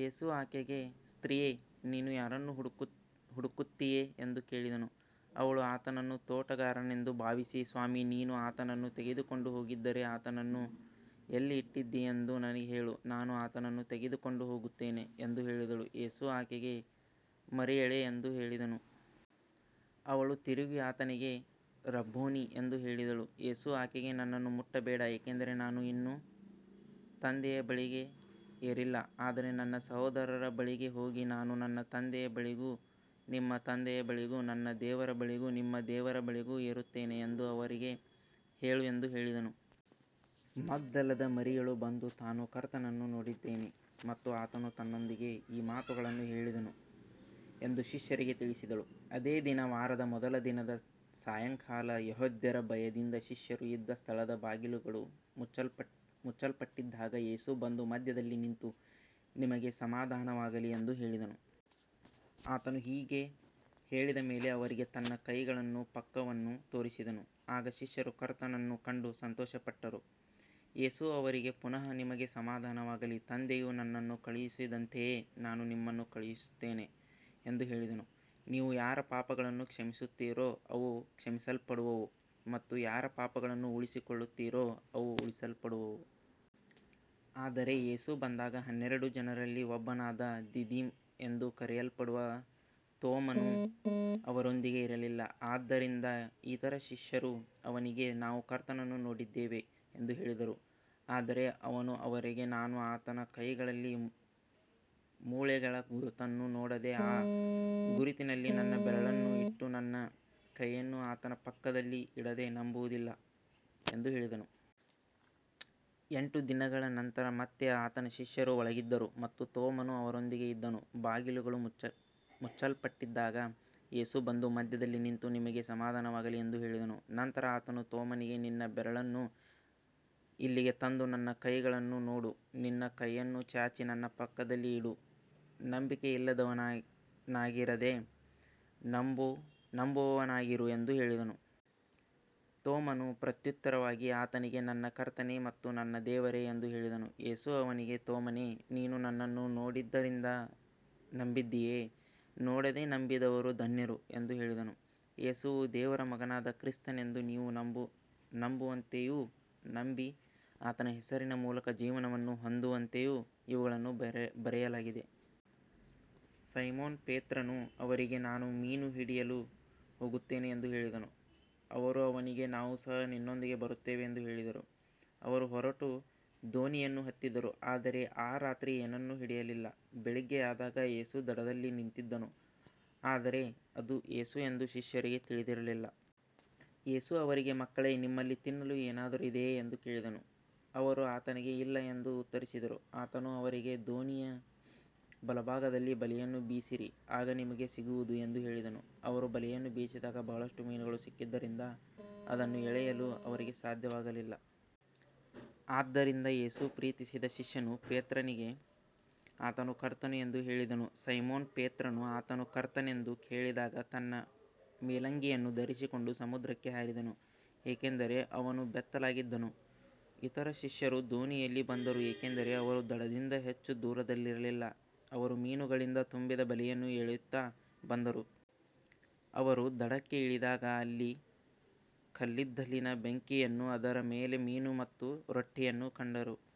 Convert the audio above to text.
ಯೇಸು ಆಕೆಗೆ, ಸ್ತ್ರೀಯೇ, ನೀನು ಯಾರನ್ನು ಹುಡುಕುತ್ತೀಯೆ ಎಂದು ಕೇಳಿದನು. ಅವಳು ಆತನನ್ನು ತೋಟಗಾರನೆಂದು ಭಾವಿಸಿ, ಸ್ವಾಮಿ, ನೀನು ಆತನನ್ನು ತೆಗೆದುಕೊಂಡು ಹೋಗಿದ್ದರೆ, ಆತನನ್ನು ಎಲ್ಲಿ ಇಟ್ಟಿದ್ದೀಯೆಂದು ನನಗೆ ಹೇಳು, ನಾನು ಆತನನ್ನು ತೆಗೆದುಕೊಂಡು ಹೋಗುತ್ತೇನೆ ಎಂದು ಹೇಳಿದಳು. ಯೇಸು ಆಕೆಗೆ, ಮರಿಯಳೇ ಎಂದು ಹೇಳಿದನು. ಅವಳು ತಿರುಗಿ ಆತನಿಗೆ, ರಬ್ಬೋನಿ ಎಂದು ಹೇಳಿದಳು. ಯೇಸು ಆಕೆಗೆ, ನನ್ನನ್ನು ಮುಟ್ಟಬೇಡ, ಏಕೆಂದರೆ ನಾನು ಇನ್ನೂ ತಂದೆಯ ಬಳಿಗೆ ಏರಿಲ್ಲ. ಆದರೆ ನನ್ನ ಸಹೋದರರ ಬಳಿಗೆ ಹೋಗಿ, ನಾನು ನನ್ನ ತಂದೆಯ ಬಳಿಗೂ ನಿಮ್ಮ ತಂದೆಯ ಬಳಿಗೂ, ನನ್ನ ದೇವರ ಬಳಿಗೂ ನಿಮ್ಮ ದೇವರ ಬಳಿಗೂ ಏರುತ್ತೇನೆ ಎಂದು ಅವರಿಗೆ ಹೇಳು ಎಂದು ಹೇಳಿದನು. ಮಗ್ದಲದ ಮರಿಯಳು ಬಂದು, ತಾನು ಕರ್ತನನ್ನು ನೋಡಿದ್ದೇನೆ ಮತ್ತು ಆತನು ತನ್ನೊಂದಿಗೆ ಈ ಮಾತುಗಳನ್ನು ಹೇಳಿದನು ಎಂದು ಶಿಷ್ಯರಿಗೆ ತಿಳಿಸಿದಳು. ಅದೇ ದಿನ, ವಾರದ ಮೊದಲ ದಿನದ ಸಾಯಂಕಾಲ, ಯೆಹೂದ್ಯರ ಭಯದಿಂದ ಶಿಷ್ಯರು ಇದ್ದ ಸ್ಥಳದ ಬಾಗಿಲುಗಳು ಮುಚ್ಚಲ್ಪಟ್ಟಿದ್ದಾಗ, ಯೇಸು ಬಂದು ಮಧ್ಯದಲ್ಲಿ ನಿಂತು, ನಿಮಗೆ ಸಮಾಧಾನವಾಗಲಿ ಎಂದು ಹೇಳಿದನು. ಆತನು ಹೀಗೆ ಹೇಳಿದ ಮೇಲೆ ಅವರಿಗೆ ತನ್ನ ಕೈಗಳನ್ನೂ ಪಕ್ಕವನ್ನೂ ತೋರಿಸಿದನು. ಆಗ ಶಿಷ್ಯರು ಕರ್ತನನ್ನು ಕಂಡು ಸಂತೋಷಪಟ್ಟರು. ಯೇಸು ಅವರಿಗೆ ಪುನಃ, ನಿಮಗೆ ಸಮಾಧಾನವಾಗಲಿ, ತಂದೆಯು ನನ್ನನ್ನು ಕಳುಹಿಸಿದಂತೆಯೇ ನಾನು ನಿಮ್ಮನ್ನು ಕಳುಹಿಸುತ್ತೇನೆ ಎಂದು ಹೇಳಿದನು. ನೀವು ಯಾರ ಪಾಪಗಳನ್ನು ಕ್ಷಮಿಸುತ್ತೀರೋ ಅವು ಕ್ಷಮಿಸಲ್ಪಡುವವು, ಮತ್ತು ಯಾರ ಪಾಪಗಳನ್ನು ಉಳಿಸಿಕೊಳ್ಳುತ್ತೀರೋ ಅವು ಉಳಿಸಲ್ಪಡುವವು. ಆದರೆ ಯೇಸು ಬಂದಾಗ ಹನ್ನೆರಡು ಜನರಲ್ಲಿ ಒಬ್ಬನಾದ ದಿದಿಮ ಎಂದು ಕರೆಯಲ್ಪಡುವ ತೋಮನು ಅವರೊಂದಿಗೆ ಇರಲಿಲ್ಲ. ಆದ್ದರಿಂದ ಇತರ ಶಿಷ್ಯರು ಅವನಿಗೆ, ನಾವು ಕರ್ತನನ್ನು ನೋಡಿದ್ದೇವೆ ಎಂದು ಹೇಳಿದರು. ಆದರೆ ಅವನು ಅವರಿಗೆ, ನಾನು ಆತನ ಕೈಗಳಲ್ಲಿ ಮೊಳೆಗಳ ಗುರುತನ್ನು ನೋಡದೆ, ಆ ಗುರುತಿನಲ್ಲಿ ನನ್ನ ಬೆರಳನ್ನು ಇಟ್ಟು, ನನ್ನ ಕೈಯನ್ನು ಆತನ ಪಕ್ಕದಲ್ಲಿ ಇಡದೆ ನಂಬುವುದಿಲ್ಲ ಎಂದು ಹೇಳಿದನು. ಎಂಟು ದಿನಗಳ ನಂತರ ಮತ್ತೆ ಆತನ ಶಿಷ್ಯರು ಒಳಗಿದ್ದರು ಮತ್ತು ತೋಮನು ಅವರೊಂದಿಗೆ ಇದ್ದನು. ಬಾಗಿಲುಗಳು ಮುಚ್ಚಲ್ಪಟ್ಟಿದ್ದಾಗ ಯೇಸು ಬಂದು ಮಧ್ಯದಲ್ಲಿ ನಿಂತು, ನಿಮಗೆ ಸಮಾಧಾನವಾಗಲಿ ಎಂದು ಹೇಳಿದನು. ನಂತರ ಆತನು ತೋಮನಿಗೆ, ನಿನ್ನ ಬೆರಳನ್ನು ಇಲ್ಲಿಗೆ ತಂದು ನನ್ನ ಕೈಗಳನ್ನು ನೋಡು, ನಿನ್ನ ಕೈಯನ್ನು ಚಾಚಿ ನನ್ನ ಪಕ್ಕದಲ್ಲಿ ಇಡು, ನಂಬಿಕೆಯಿಲ್ಲದವನಾಗಿರದೆ ನಂಬುವವನಾಗಿರು ಎಂದು ಹೇಳಿದನು. ತೋಮನು ಪ್ರತ್ಯುತ್ತರವಾಗಿ ಆತನಿಗೆ, ನನ್ನ ಕರ್ತನೇ ಮತ್ತು ನನ್ನ ದೇವರೇ ಎಂದು ಹೇಳಿದನು. ಯೇಸು ಅವನಿಗೆ, ತೋಮನೇ, ನೀನು ನನ್ನನ್ನು ನೋಡಿದ್ದರಿಂದ ನಂಬಿದ್ದೀಯೆ. ನೋಡದೆ ನಂಬಿದವರು ಧನ್ಯರು ಎಂದು ಹೇಳಿದನು. ಯೇಸುವು ದೇವರ ಮಗನಾದ ಕ್ರಿಸ್ತನೆಂದು ನೀವು ನಂಬುವಂತೆಯೂ, ನಂಬಿ ಆತನ ಹೆಸರಿನ ಮೂಲಕ ಜೀವವನ್ನು ಹೊಂದುವಂತೆಯೂ ಇವುಗಳನ್ನು ಬರೆಯಲಾಗಿದೆ. ಸೈಮೋನ ಪೇತ್ರನು ಅವರಿಗೆ, ನಾನು ಮೀನು ಹಿಡಿಯಲು ಹೋಗುತ್ತೇನೆ ಎಂದು ಹೇಳಿದನು. ಅವರು ಅವನಿಗೆ, ನಾವು ಸಹ ನಿನ್ನೊಂದಿಗೆ ಬರುತ್ತೇವೆ ಎಂದು ಹೇಳಿದರು. ಅವರು ಹೊರಟು ದೋಣಿಯನ್ನು ಹತ್ತಿದರು, ಆದರೆ ಆ ರಾತ್ರಿ ಏನನ್ನೂ ಹಿಡಿಯಲಿಲ್ಲ. ಬೆಳಿಗ್ಗೆಯಾದಾಗ ಯೇಸು ದಡದಲ್ಲಿ ನಿಂತಿದ್ದನು, ಆದರೆ ಅದು ಯೇಸು ಎಂದು ಶಿಷ್ಯರಿಗೆ ತಿಳಿದಿರಲಿಲ್ಲ. ಯೇಸು ಅವರಿಗೆ, ಮಕ್ಕಳೇ, ನಿಮ್ಮಲ್ಲಿ ತಿನ್ನಲು ಏನಾದರೂ ಇದೆಯೇ ಎಂದು ಕೇಳಿದನು. ಅವರು ಆತನಿಗೆ, ಇಲ್ಲ ಎಂದು ಉತ್ತರಿಸಿದರು. ಆತನು ಅವರಿಗೆ, ದೋಣಿಯ ಬಲಭಾಗದಲ್ಲಿ ಬಲೆಯನ್ನು ಬೀಸಿರಿ, ಆಗ ನಿಮಗೆ ಸಿಗುವುದು ಎಂದು ಹೇಳಿದನು. ಅವರು ಬಲೆಯನ್ನು ಬೀಸಿದಾಗ, ಬಹಳಷ್ಟು ಮೀನುಗಳು ಸಿಕ್ಕಿದ್ದರಿಂದ ಅದನ್ನು ಎಳೆಯಲು ಅವರಿಗೆ ಸಾಧ್ಯವಾಗಲಿಲ್ಲ. ಆದ್ದರಿಂದ ಯೇಸು ಪ್ರೀತಿಸಿದ ಶಿಷ್ಯನು ಪೇತ್ರನಿಗೆ, ಆತನು ಕರ್ತನು ಎಂದು ಹೇಳಿದನು. ಸೈಮೋನ ಪೇತ್ರನು ಆತನು ಕರ್ತನೆಂದು ಕೇಳಿದಾಗ, ತನ್ನ ಮೇಲಂಗಿಯನ್ನು ಧರಿಸಿಕೊಂಡು ಸಮುದ್ರಕ್ಕೆ ಹಾರಿದನು, ಏಕೆಂದರೆ ಅವನು ಬೆತ್ತಲಾಗಿದ್ದನು. ಇತರ ಶಿಷ್ಯರು ದೋಣಿಯಲ್ಲಿ ಬಂದರು, ಏಕೆಂದರೆ ಅವರು ದಡದಿಂದ ಹೆಚ್ಚು ದೂರದಲ್ಲಿರಲಿಲ್ಲ. ಅವರು ಮೀನುಗಳಿಂದ ತುಂಬಿದ ಬಲೆಯನ್ನು ಎಳೆಯುತ್ತಾ ಬಂದರು. ಅವರು ದಡಕ್ಕೆ ಇಳಿದಾಗ ಅಲ್ಲಿ ಕಲ್ಲಿದ್ದಲಿನ ಬೆಂಕಿಯನ್ನೂ ಅದರ ಮೇಲೆ ಮೀನು ಮತ್ತು ರೊಟ್ಟಿಯನ್ನೂ ಕಂಡರು.